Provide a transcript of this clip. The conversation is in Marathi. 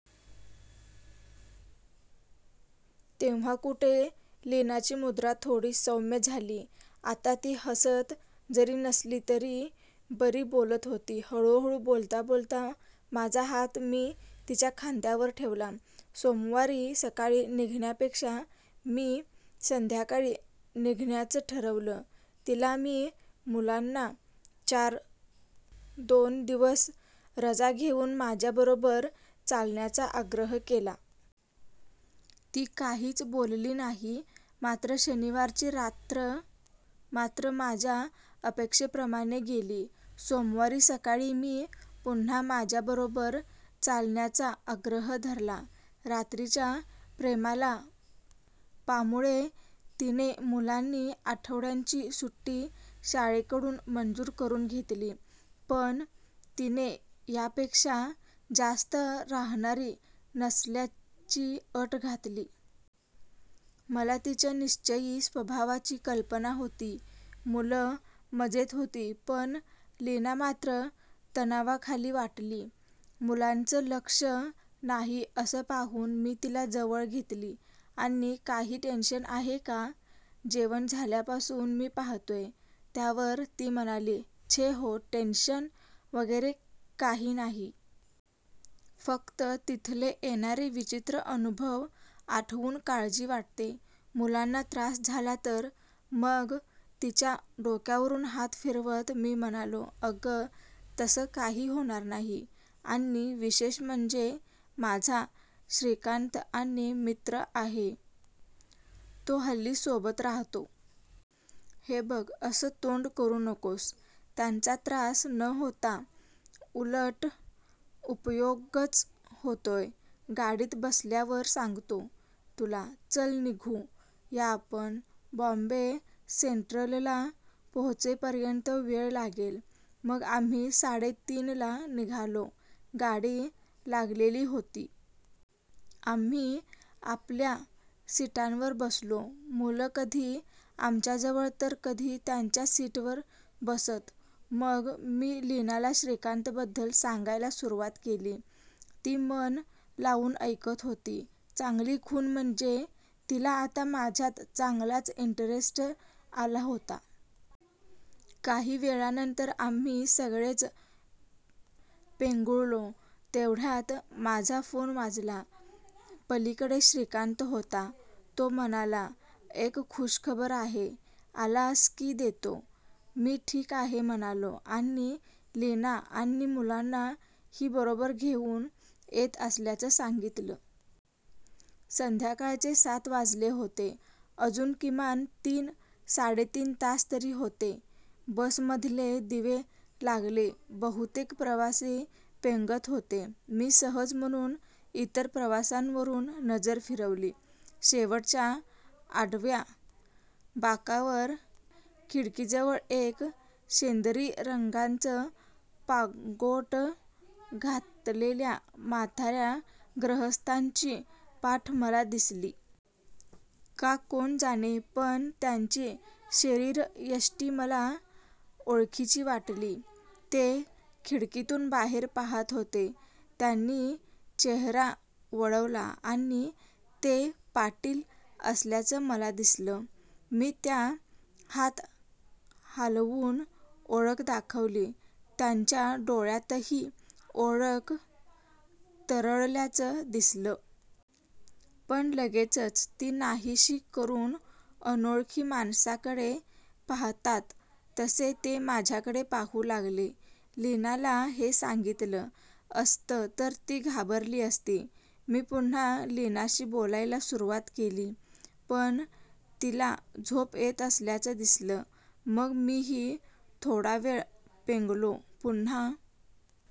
तेव्हा कुठे लीनाची मुद्रा थोडी सौम्य झाली.आता ती हसत जरी नसली तरी बरी बोलत होती. हळूहळू बोलता बोलता माझा हात मी तिच्या खांद्यावर ठेवला. सोमवारी सकाळी निघण्यापेक्षा मी संध्याकाळी निघण्याचं ठरवलं. तिला मी मुलांना दोन चार दिवस रजा घेऊन माझ्याबरोबर चालण्याचा आग्रह केला. ती काहीच बोलली नाही. मात्र शनिवारची रात्र मात्र माझ्या अपेक्षेप्रमाणे गेली. सोमवारी सकाळी मी पुन्हा माझ्याबरोबर चलण्याचा आग्रह धरला. रात्रीच्या प्रेमालापामुळे तिने मुलांची आठवड्यांची सुट्टी शाळेकडून मंजूर करुन घेतली. पण तिने यापेक्षा जास्त राहणार नसल्याची अट घातली. मला तिच्या निश्चयी स्वभावाची कल्पना होती. मुलं मजेत होती पण लीना मात्र तणावाखाली वाटली. मुलांचं लक्ष नाही असं पाहून मी तिला जवळ घेतली आणि," काही टेन्शन आहे का? जेवण झाल्यापासून मी पाहतोय. " त्यावर ती म्हणाली," छे हो टेन्शन वगैरे काही नाही. फक्त तिथले येणारे विचित्र अनुभव आठवून काळजी वाटते. मुलांना त्रास झाला तर? मग तिच्या डोक्यावरून हात फिरवत मी म्हणालो, "अगं तसं काही होणार नाही. आणि विशेष म्हणजे माझा श्रीकांत म्हणून मित्र आहे, तो हल्ली सोबत राहतो. हे बघं असं तोंड करुन नकोस. त्यांचा त्रास न होता उलट उपयोगच होतोय. गाडीत बसल्यावर सांगतो तुला. चल, निघू या आपण. बॉंबे सेंट्रलला पोहोचेपर्यंत वेळ लागेल. " मग आम्ही साडेतीनला निघालो. गाडी लागलेली होती. आम्ही आपल्या सिटांवर बसलो. मुलं कधी आमच्याजवळ तर कधी त्यांच्या सीटवर बसत. मग मी लीनाला श्रीकांत बद्दल सांगायला सुरुवात केली. ती मन लावून ऐकत होती. चांगली खूण म्हणजे तिला आता माझ्यात चांगलाच इंटरेस्ट आला होता. काही वेळानंतर आम्ही सगळेच पेंगुळलो. तेवढ्यात माझा फोन वाजला. पलीकडे श्रीकांत होता. तो म्हणाला," एक खुशखबर आहे. आलास की देतो. " मी ठीक आहे म्हणालो आणि लीना आणि मुलांना ही बरोबर घेऊन येत असल्याचं सांगितलं. संध्याकाळचे सात वाजले होते. अजून किमान तीन साडेतीन तास तरी होते. बसमधले दिवे लागले. बहुतेक प्रवासी पेंगत होते. मी सहज म्हणून इतर प्रवाशांवरुन नजर फिरवली. शेवटच्या आडव्या बाकावर खिडकीजवळ एक शेंदरी रंगाचं पागोटं घातलेल्या म्हाताऱ्या गृहस्थांची पाठ मला दिसली. का कोण जाणे पण त्यांची शरीरयष्टी मला ओळखीची वाटली. ते खिडकीतून बाहेर पाहात होते. त्यांनी चेहरा वळवला आणि ते पाटील असल्याचं मला दिसलं. मी त्या हात हालवून ओळख दाखवली. त्यांच्या डोळ्यातही ओळख तरळल्याचं दिसलं. पण लगेचच ती नाहीशी करून अनोळखी माणसाकडे पाहतात तसे ते माझ्याकडे पाहू लागले. लीनाला हे सांगितलं असतं तर ती घाबरली असती. मी पुन्हा लीनाशी बोलायला सुरुवात केली. पण तिला झोप येत असल्याचं दिसलं. मग मीही थोडावेळ पेंगलो. पुन्हा